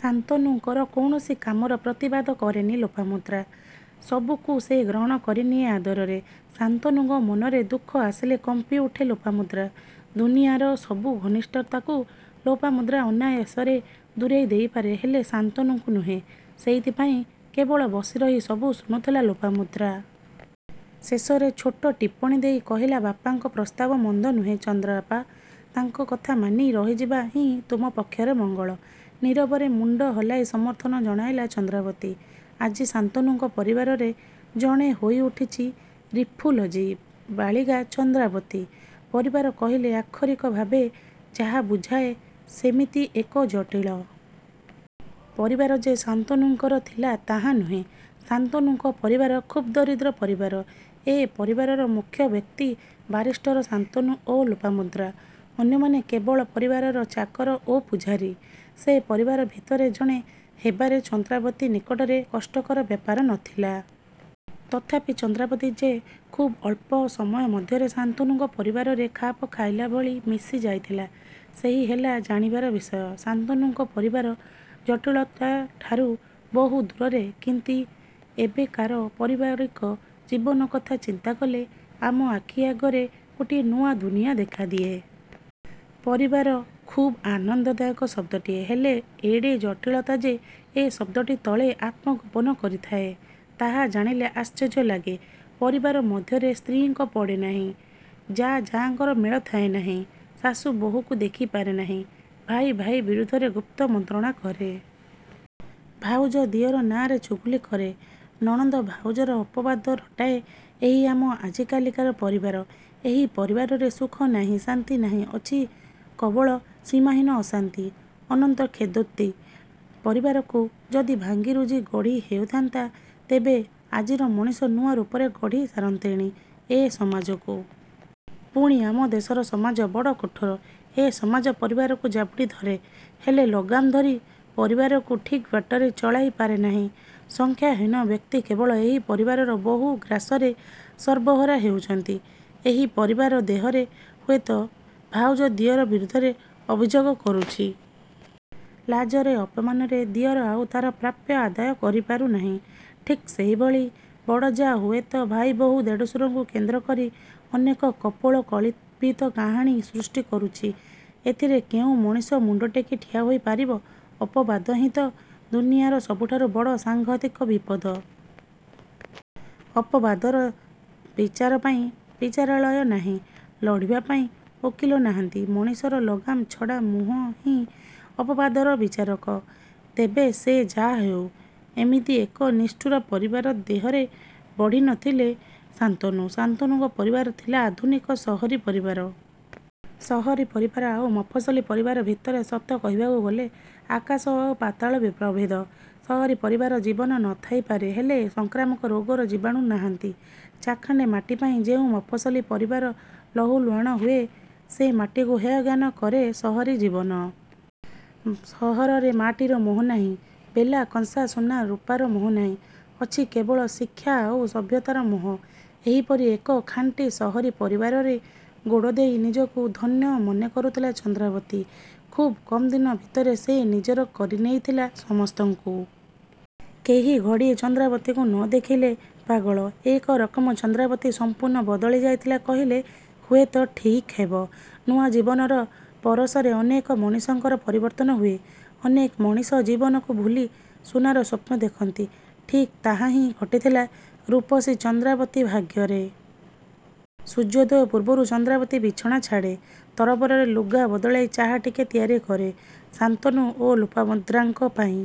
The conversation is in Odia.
ଶାନ୍ତନୁଙ୍କର କୌଣସି କାମର ପ୍ରତିବାଦ କରେନି ଲୋପାମୁଦ୍ରା। ସବୁକୁ ସେ ଗ୍ରହଣ କରିନିଏ ଆଦରରେ। ଶାନ୍ତନୁଙ୍କ ମନରେ ଦୁଃଖ ଦେଖିଲେ କମ୍ପିଉଠେ ଲୋପାମୁଦ୍ରା। ଦୁନିଆଁର ସବୁ ଘନିଷ୍ଠତାକୁ ଲୋପାମୁଦ୍ରା ଅନାୟାସରେ ଦୂରେଇ ଦେଇପାରେ ହେଲେ ଶାନ୍ତନୁଙ୍କୁ ନୁହେଁ। ସେଇଥିପାଇଁ କେବଳ ବସିରହି ସବୁ ଶୁଣୁଥିଲା ଲୋପାମୁଦ୍ରା। ଶେଷରେ ଛୋଟ ଟିପ୍ପଣୀ ଦେଇ କହିଲା ବାପାଙ୍କ ପ୍ରସ୍ତାବ ମନ୍ଦ ନୁହେଁ ଚନ୍ଦ୍ରାଅପା! ତାଙ୍କ କଥା ମାନି ରହିଯିବା ହିଁ ତୁମ ପକ୍ଷରେ ମଙ୍ଗଳ। ନୀରବରେ ମୁଣ୍ତ ହଲାଇ ସମର୍ଥନ ଜଣାଇଲା ଚନ୍ଦ୍ରାବତୀ। ଆଜି ଶାନ୍ତନୁଙ୍କ ପରିବାରରେ ଜଣେ ହୋଇଉଠିଛି ରିଫୁଲଜି ବାଳିକା ଚନ୍ଦ୍ରାବତୀ। ପରିବାର କହିଲେ ଆକ୍ଷରିକ ଭାବେ ଯାହା ବୁଝାଏ ସେମିତି ଏକ ଜଟିଳ। ପରିବାର ଯେ ଶାନ୍ତନୁଙ୍କର ଥିଲା ତାହା ନୁହେଁ। ଶାନ୍ତନୁଙ୍କ ପରିବାର ଖୁବ୍କ୍ଷୁଦ୍ର ପରିବାର। ଏ ପରିବାରର ମୁଖ୍ୟ ବ୍ୟକ୍ତି ବାରିଷ୍ଟର ଶାନ୍ତନୁ ଓ ଲୋପାମୁଦ୍ରା। ଅନ୍ୟମାନେ କେବଳ ପରିବାରର ଚାକର ଓ ପୂଝାରୀ। ସେ ପରିବାର ଭିତରେ ଜଣେ ହେବାରେ ଚନ୍ଦ୍ରାବତୀ ନିକଟରେ କଷ୍ଟକର ବ୍ୟାପାର ନ ଥିଲା। ତଥାପି ଚନ୍ଦ୍ରାବତୀ ଯେ ଖୁବ୍ଅଳ୍ପ ସମୟ ମଧ୍ୟରେ ଶାନ୍ତନୁଙ୍କ ପରିବାରରେ ଖାପଖାଇଲା ଭଳି ମିଶି ଯାଇଥିଲା ସେହି ହେଲା ଜାଣିବାର ବିଷୟ। ଶାନ୍ତନଙ୍କ ପରିବାର ଜଟିଳତାଠାରୁ ବହୁ ଦୂରରେ କିନ୍ତି ଏବେକାର ପାରିବାରାକ ଜୀବନ କଥା ଚିନ୍ତା କଲେ ଆମ ଆଖି ଆଗରେ ଗୋଟିଏ ନୂଆ ଦୁନିଆଁ ଦେଖାଦିଏ। ପରିବାର ଖୁବ୍ ଆନନ୍ଦଦାୟକ ଶଦ୍ଦଟିଏ। ହେଲେ ଏଡ଼େ ଜଟିଳତା ଯେ ଏ ଶଦ୍ଦଟି ତଳେ ଆତ୍ମଗୋପନ କରିଥାଏ ତାହା ଜାଣିଲେ ଆଶ୍ଚର୍ଯ୍ୟ ଲାଗେ। ପରିବାର ମଧ୍ୟରେ ସ୍ତ୍ରୀଙ୍କର ପଡ଼େନାହିଁ। ଜା ଜାଙ୍କର ମେଳ ଥାଏନାହିଁ। ଶାଶୁ ବୋହୂକୁ ଦେଖି ପାରେନାହିଁ। ଭାଇ ଭାଇ ବିରୁଦ୍ଧରେ ଗୁପ୍ତ ମନ୍ତ୍ରଣା କରେ। ଭାଉଜ ଦିଅର ନାଁରେ ଚୁଗୁଲି କରେ। ନଣନ୍ଦ ଭାଉଜର ଅପବାଦ ରଟାଏ ଏଇ ଆମ ଆଜି କାଲିକାର ପରିବାର। ଏ ପରିବାରରେ ସୁଖ ନାହିଁ ଶାନ୍ତି ନାହିଁ ଅଛି କବଳ ସୀମାହୀନ ଅଶାନ୍ତି। ଅନନ୍ତ କ୍ଷେଦୋକ୍ତି। ପରିବାରକୁ ଯଦି ଭାଙ୍ଗି ରୁଜି ଗଢି ହେଉଥାନ୍ତା ତେବେ ଆଜିର ମଣିଷ ନୂଆ ରୂପରେ ଗଢି ସାରନ୍ତେଣି ଏ ସମାଜକୁ। ପୁଣି ଆମ ଦେଶର ସମାଜ ବଡ କଠୋର। ଏ ସମାଜ ପରିବାରକୁ ଜାବୁଡ଼ି ଧରେ। ହେଲେ ଲଗାମ ଧରି ପରିବାରକୁ ଠିକ୍ବାଟରେ ଚଳାଇ ପାରେନାହିଁ। ସଂଖ୍ୟାହୀନ ବ୍ୟକ୍ତି କେବଳ ଏଇ ପରିବାରର ବହୁ ଗ୍ରାସରେ ସର୍ବହରା ହେଉଛନ୍ତି। ଏ ପରିବାର ଦେହରେ ହୁଏତ ଭାଉଜ ଦିଅର ବିରୁଦ୍ଧରେ ଅଭିଯୋଗ କରୁଛି। ଲାଜରେ ଅପମାନରେ ଦିଅର ଆଉ ତା'ର ପ୍ରାପ୍ୟ ଆଦାୟ କରି ପାରୁନାହିଁ। ଠିକ୍ସେହିଭଳି ବଡ଼ ଜା ହୁଏତ ଭାଇବୋହୂ ଦେଢ଼ଶୁରଙ୍କୁ କେନ୍ଦ୍ରକରି ଅନେକ କପୋଳ କଳ୍ପିତ କାହାଣୀ ସୃଷ୍ଟି କରୁଛି। ଏଥିରେ କେଉଁ ମଣିଷ ମୁଣ୍ତ ଟେକି ଠିଆ ହୋଇ ପାରିବ? ଅପବାଦ ହିଁ ତ ଦୁନିଆଁର ସବୁଠାରୁ ବଡ଼ ସାଂଘାତିକ ବିପଦ। ଅପବାଦର ବିଚାର ପାଇଁ ବିଚାରାଳୟ ନାହିଁ। ଲଢ଼ିବା ପାଇଁ ଓକିଲ ନାହାନ୍ତି ମଣିଷର ଲଗାମ୍ ଛଡ଼ା ମୁହଁ ହିଁ ଅପବାଦର ବିଚାରକ। ତେବେ ସେ ଯାହାହେଉ ଏମିତି ଏକ ନିଷ୍ଠୁର ପରିବାର ଦେହରେ ବଢ଼ି ନ ଥିଲେ ଶାନ୍ତନୁ। ଶାନ୍ତନୁଙ୍କ ପରିବାର ଥିଲା ଆଧୁନିକ ସହରୀ ପରିବାର। ସହରୀ ପରିବାର ଆଉ ମଫସଲୀ ପରିବାର ଭିତରେ ସତ କହିବାକୁ ଗଲେ ଆକାଶ ଆଉ ପାତାଳ ପ୍ରଭେଦ। ସହରୀ ପରିବାରରେ ଜୀବନ ନ ଥାଇ ପାରେ ହେଲେ ସଂକ୍ରାମକ ରୋଗର ଜୀବାଣୁ ନାହାଁନ୍ତି। ଚାଖଣ୍ତେ ମାଟିପାଇଁ ଯେଉଁ ମଫସଲୀ ପରିବାର ଲହୁ ଲୁହାଣ ହୁଏ ସେ ମାଟିକୁ ହେୟଜ୍ଞାନ କରେ ସହରୀ ଜୀବନ। ସହରରେ ମାଟିର ମୋହ ନାହିଁ ବେଲା, କଂସା, ସୁନା, ରୂପାର ମୋହ ନାହିଁ। ଅଛି କେବଳ ଶିକ୍ଷା ଆଉ ସଭ୍ୟତାର ମୋହ। ଏହିପରି ଏକ ଖାଣ୍ଟି ସହରୀ ପରିବାରରେ ଗୋଡ଼ ଦେଇ ନିଜକୁ ଧନ୍ୟ ମନେ କରୁଥିଲା ଚନ୍ଦ୍ରାବତୀ ଖୁବ୍ କମ୍ଦିନ ଭିତରେ ସେ ନିଜର କରି ନେଇଥିଲା ସମସ୍ତଙ୍କୁ। କେହି ଘଡ଼ିଏ ଚନ୍ଦ୍ରାବତୀକୁ ନ ଦେଖିଲେ ପାଗଳ। ଏକରକମ୍ଚନ୍ଦ୍ରାବତୀ ସମ୍ପୂର୍ଣ୍ଣ ବଦଳି ଯାଇଥିଲା କହିଲେ ହୁଏତ ଠିକ୍ ହେବ। ନୂଆ ଜୀବନର ପରଶରେ ଅନେକ ମଣିଷଙ୍କର ପରିବର୍ତ୍ତନ ହୁଏ। ଅନେକ ମଣିଷ ଜୀବନକୁ ଭୁଲି ସୁନାର ସ୍ୱପ୍ନ ଦେଖନ୍ତି। ଠିକ୍ ତାହା ହିଁ ଘଟିଥିଲା ରୂପସୀ ଚନ୍ଦ୍ରାବତୀ ଭାଗ୍ୟରେ। ସୂର୍ଯ୍ୟୋଦୟ ପୂର୍ବରୁ ଚନ୍ଦ୍ରାବତୀ ବିଛଣା ଛାଡ଼େ। ତରବରରେ ଲୁଗା ବଦଳାଇ ଚା' ଟିକେ ତିଆରି କରେ ଶାନ୍ତନୁ ଓ ଲୋପାମୁଦ୍ରାଙ୍କ ପାଇଁ।